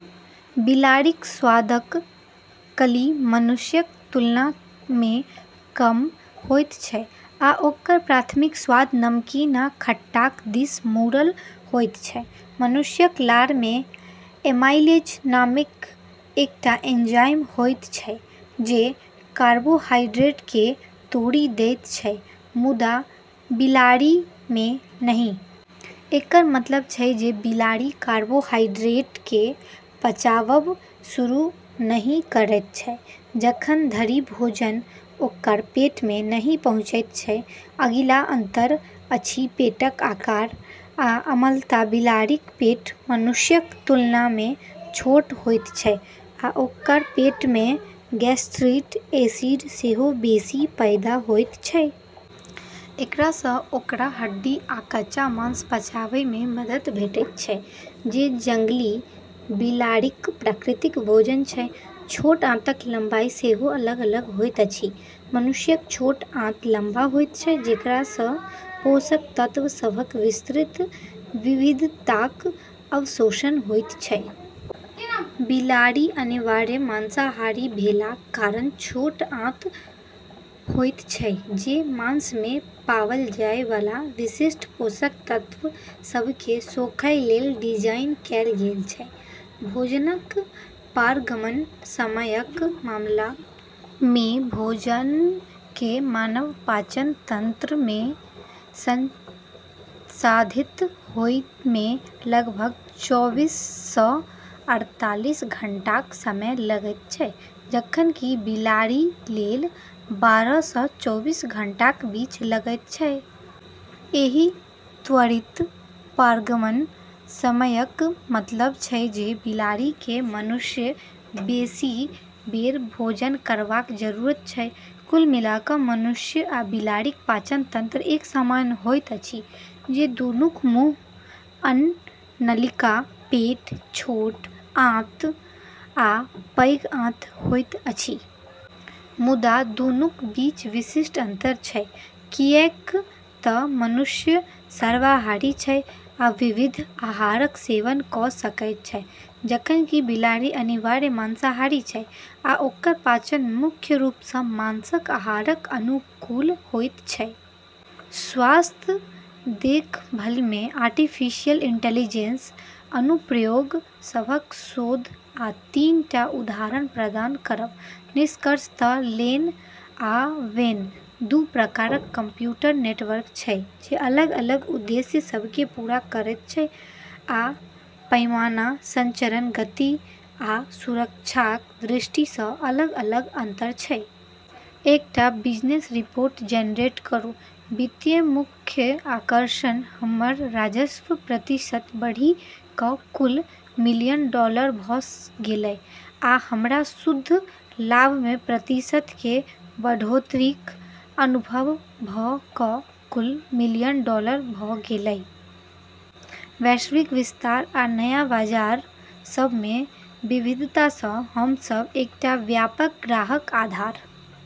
बिलाड़िक स्वादक कली मनुष्यक तुलनामे कम होइत छै, आ ओकर प्राथमिक स्वाद नमकीन आ खट्टाक दिस मुड़ल होइत छै। मनुष्यक लारमे एमाइलेज नामेक एकटा एंजाइम होइत छै जे कार्बोहाइड्रेटकेँ तोड़ि दैत छै, मुदा बिलाड़िमे नहि। एकर मतलब छै जे बिलाड़ि कार्बोहाइड्रेटकेँ पचाबब शुरू नहि करैत छै, जखन धरि भोजन ओकर पेटमे नहि पहुँचैत छै। अगिला अंतर अछि पेटक आकार आ अम्लता। बिलाड़िक पेट मनुष्यक तुलनामे छोट होइत छै आ ओकर पेटमे गैस्ट्रिक एसिड सेहो बेसी पैदा होइत छै। एकरासँ ओकरा हड्डी आ कच्चा मांस पचाबैमे मदद भेटैत छै, जे जंगली बिलाड़िक प्राकृतिक भोजन छै। छोट आंतक लंबाई सेहो अलग-अलग होइत अछि। मनुष्यक छोट आंत लंबा होइत छै, जेकरासँ पोषक तत्व सभक विस्तृत विविधताक अवशोषण होइत छै। बिलाड़ि, अनिवार्य मांसाहारी भेलाक कारण, छोट आंत छोट होइत छै, जे मांसमे पाबल जाय वाला विशिष्ट पोषक तत्व सभकेँ सोखै लेल डिजाइन कएल गेल छै। भोजनक पारगमन समयक मामलामे, भोजनकेँ मानव पाचन तंत्रमे संसाधित होइमे लगभग चौबीससँ अड़तालीस घंटाक समय लगैत छै, जखन कि बिलाड़िलेल, बारहसँ चौबीस घंटाक बीच लगैत छै। एहि त्वरित पारगमन समयक मतलब छै जे बिलाड़िकेँ मनुष्यसँ बेसी बेर भोजन करबाक जरूरत छै। कुल मिला कऽ मनुष्य आ बिलाड़िक पाचन तंत्र एक समान होइत अछि जे दूनूक मुँह, अन्ननलिका, पेट, छोट आंत आ पैघ आंत होइत अछि। मुदा, दूनूक बीच विशिष्ट अंतर छै, किऐक तऽ मनुष्य सर्वाहारी छै आ विविध आहारक सेवन कऽ सकैत छै जखन कि बिलाड़ि अनिवार्य मांसाहारी छै आ ओकर पाचन मुख्य रूपसँ मांसक आहारक अनुकूल होइत छै। स्वास्थ्य देखभलमे आर्टिफिशियल इंटेलिजेंस अनुप्रयोग सभक शोध आ तीन टा उदाहरण प्रदान करब। निष्कर्षतः लैन आ वैन दू प्रकारक कंप्यूटर नेटवर्क छै जे अलग-अलग उद्देश्य सभकेँ पूरा करैत छै आ पैमाना, संचरण गति आ सुरक्षाक दृष्टिसँ अलग-अलग अंतर छै। एकटा बिजनेस रिपोर्ट जेनरेट करू। वित्तीय मुख्य आकर्षण: हमर राजस्व प्रतिशत बढ़ि कऽ कुल मिलियन डॉलर भऽ गेलै, आ हमरा शुद्ध लाभमे प्रतिशत के बढ़ोत्तरीक अनुभव भऽ कऽ कुल मिलियन डॉलर भऽ गेलै। वैश्विक विस्तार आ नया बाजार सभमे विविधतासँ हम सभ एकटा व्यापक ग्राहक आधार